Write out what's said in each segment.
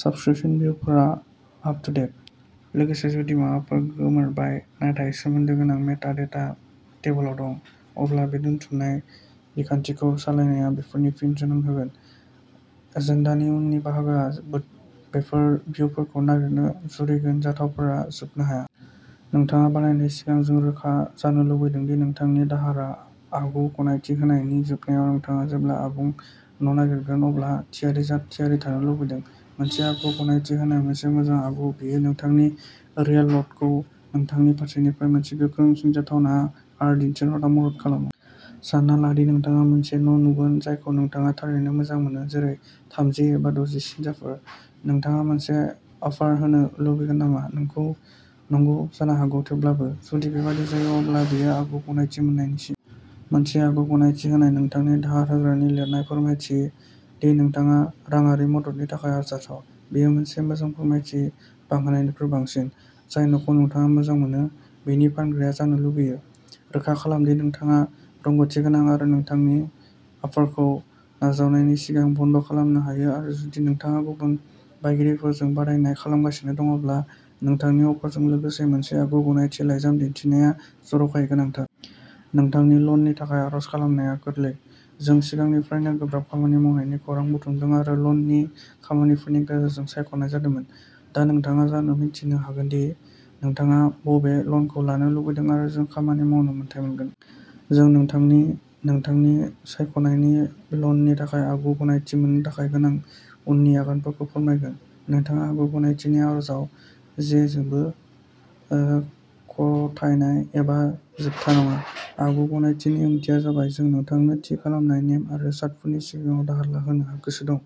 Subscription भिउफोरा up to date. लोगोसे जुदि माबाफोर गोमोरबाय नाथाय सोमोन्दो गोनां मेटा डेटा टेबोलाव दं। अब्ला बे दोनथुमनाय बिखान्थिखौ सालायनाया बेफोरखौ फिन जोनोम होगोन। एजेन्डानि उननि बाहागोआ बेफोर भिउफोरखौ नागिरनो जुरिगोन जाथावनाफोरा जोबनो हाया। नोंथाङा बायनायनि सिगां, जों रोखा जानो लुबैदों दि नोंथांनि दाहारआ आगु गनायथि होजानाय। जोबनायाव, नोंथाङा जेब्ला आबुं न'नागिरगोन अब्ला थियारि थानो लुबैदों। मोनसे आगु-गनायथि होनाया मोनसे मोजां आगजु बेयो नोंथांनि रियेलट'रखौ नोंथांनि फारसेनिफ्राय मोनसे गोख्रोंसिन जाथावना अफार दिनथिनायाव मदद खालामो। सानना ला दि नोंथाङा मोनसे न' नुगोन जायखौ नोंथाङा थारैनो मोजां मोनो, जेरै, थामजि एबा द'जि सानफोर। नोंथाङा मोनसे अफार होनो लुबैगोन नामा? नंगौ? जानो हागौ, थेवब्लाबो? जुदि बेबादि जायो, अब्ला बेयो आगु गनायथि मोननायनि सम। मोनसे आगु गनायथि होनाया नोंथांनि दाहार होग्रानि लिरनाय फोरमायथि दि नोंथाङा राङारि मददनि थाखाय आरजाथाव। बेयो मोनसे मोजां फोथायथि बांहोनायनिख्रुइ बांसिन। जाय न'खौ नोंथाङा मोजां मोनो, बिनि फानग्राया जानो लुबैयो। रोखा खालाम दि नोंथाङा रोंग'थि गोनां आरो नोंथांनि अफारखौ नाजावनायनि सिगां बन्द' खालामनो हायो आरो जुदि नोंथाङा गुबुन बायगिरिफोरजों बादायनाय खालामगासिनो दं, अब्ला नोंथांनि अफारजों लोगोसे मोनसे आगु गनायथि लाइजाम दिन्थिनाया जर'खायै गोनांथार। नोंथांनि लननि थाखाय आर'ज खालामनाया गोरलै। जों सिगांनिफ्रायनो गोब्राब खामानि मावनायनि खौरां बुथुमदोंमोन आरो ल'ननि सायख'नायफोरनि गेजेरजों सायख'नाय जादोंमोन। दा नोंथाङा जोंनो मिथिनो हागोन दि नोंथाङा बबे ल'नखौ लानो लुबैदों आरो जों खामानि मावनो मोन्थाइ मोनगोन। जों नोंथांनो नोंथांनि सायख'नाय ल'ननि थाखाय आगु गनायथि मोननो थाखाय गोनां उननि आगानफोरखौ फोरमायगोन। नोंथांनि आगु गनायथिनि आर'जआव जेबोबो खाथायनाय एबा जोबथा नङा। आगु गनायथिनि ओंथिया जाबाय जों नोंथांनो थि खालामनाय नेम आरो सर्तफोरनि सिङाव दाहार होनो गोसो दं।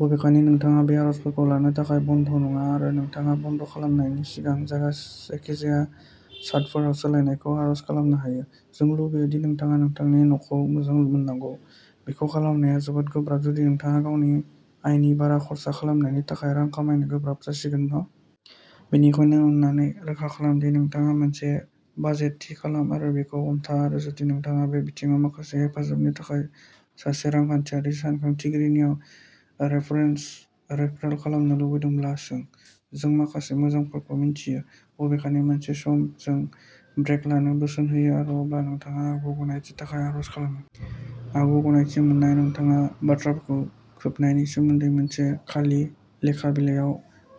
बबेखानि, नोंथाङा बे अफारखौ लानो थाखाय बाध्य नङा आरो नोंथाङा बन्द' खालामनायनि सिगां जायखिजाया सर्तफोराव सोलायनायखौ आर'ज खालामनो हायो। जों लुबैयो दि नोंथाङा नोंथांनि न'खौ मोजां मोननांगोन। बेखौ खालामनाया जोबोद गोब्राब जुदि नोंथाङा गावनि आयनि बारा खर्सा खालामनायनि थाखाय रां खामायनो गोब्राब जागासिनो दं। बेनिखायनो, अन्नानै, रोखा खालाम दि नोंथाङा मोनसे बाजेट थि खालाम आरो बेखौ हमथा आरो जुदि नोंथाङा बे बिथिङाव माखासे हेफाजाबनि थाखाय सासे रांखान्थियारि सानथांखिगिरिनाव रेफारेल खालामनो लुबैदोंब्ला, सों। जों माखासे मोजांफोरखौ मिथियो। बबेखानि, मोनसे सम जों ब्रेक लानो बोसोन होयो आरो अब्ला नोंथाङा आगु गनायथिनि थाखाय आर'ज खालामो। आगु गनायथि मोननाया नोंथांनि बिथाफोरखौ खोबनायनि सोमोन्दै। बेयो खालि लेखा बिलायाव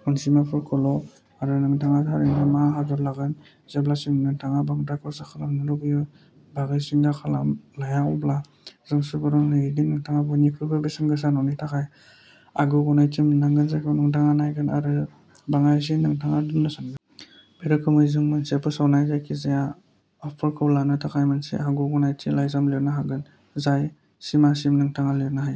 अनजिमाफोरल' आरो नोंथाङा थारैनो मा दाहार लागोन। जेब्लासिम नोंथाङा बांद्राय खर्सा खालामनो लुबैनायनि बागै जिंगा लाया, अब्ला जों सुबुरुन होयो दि नोंथाङा बयनिख्रुइबो बेसेनगोसा न'नि थाखाय आगु गनायथि मोननांगोन जायखौ नोंथाङा नायगोन आरो बाङाइसिन नोंथाङा दोन्नो सानगोन। बे रोखोमै, जों मोनसे समनि फोसावनायाव, जायखिजाया अफारखौ लानो थाखाय मोनसे आगु गनायथि लाइजाम लिरनो हागोन, जाय सिमासिम नोंथाङा लिरनो हायो।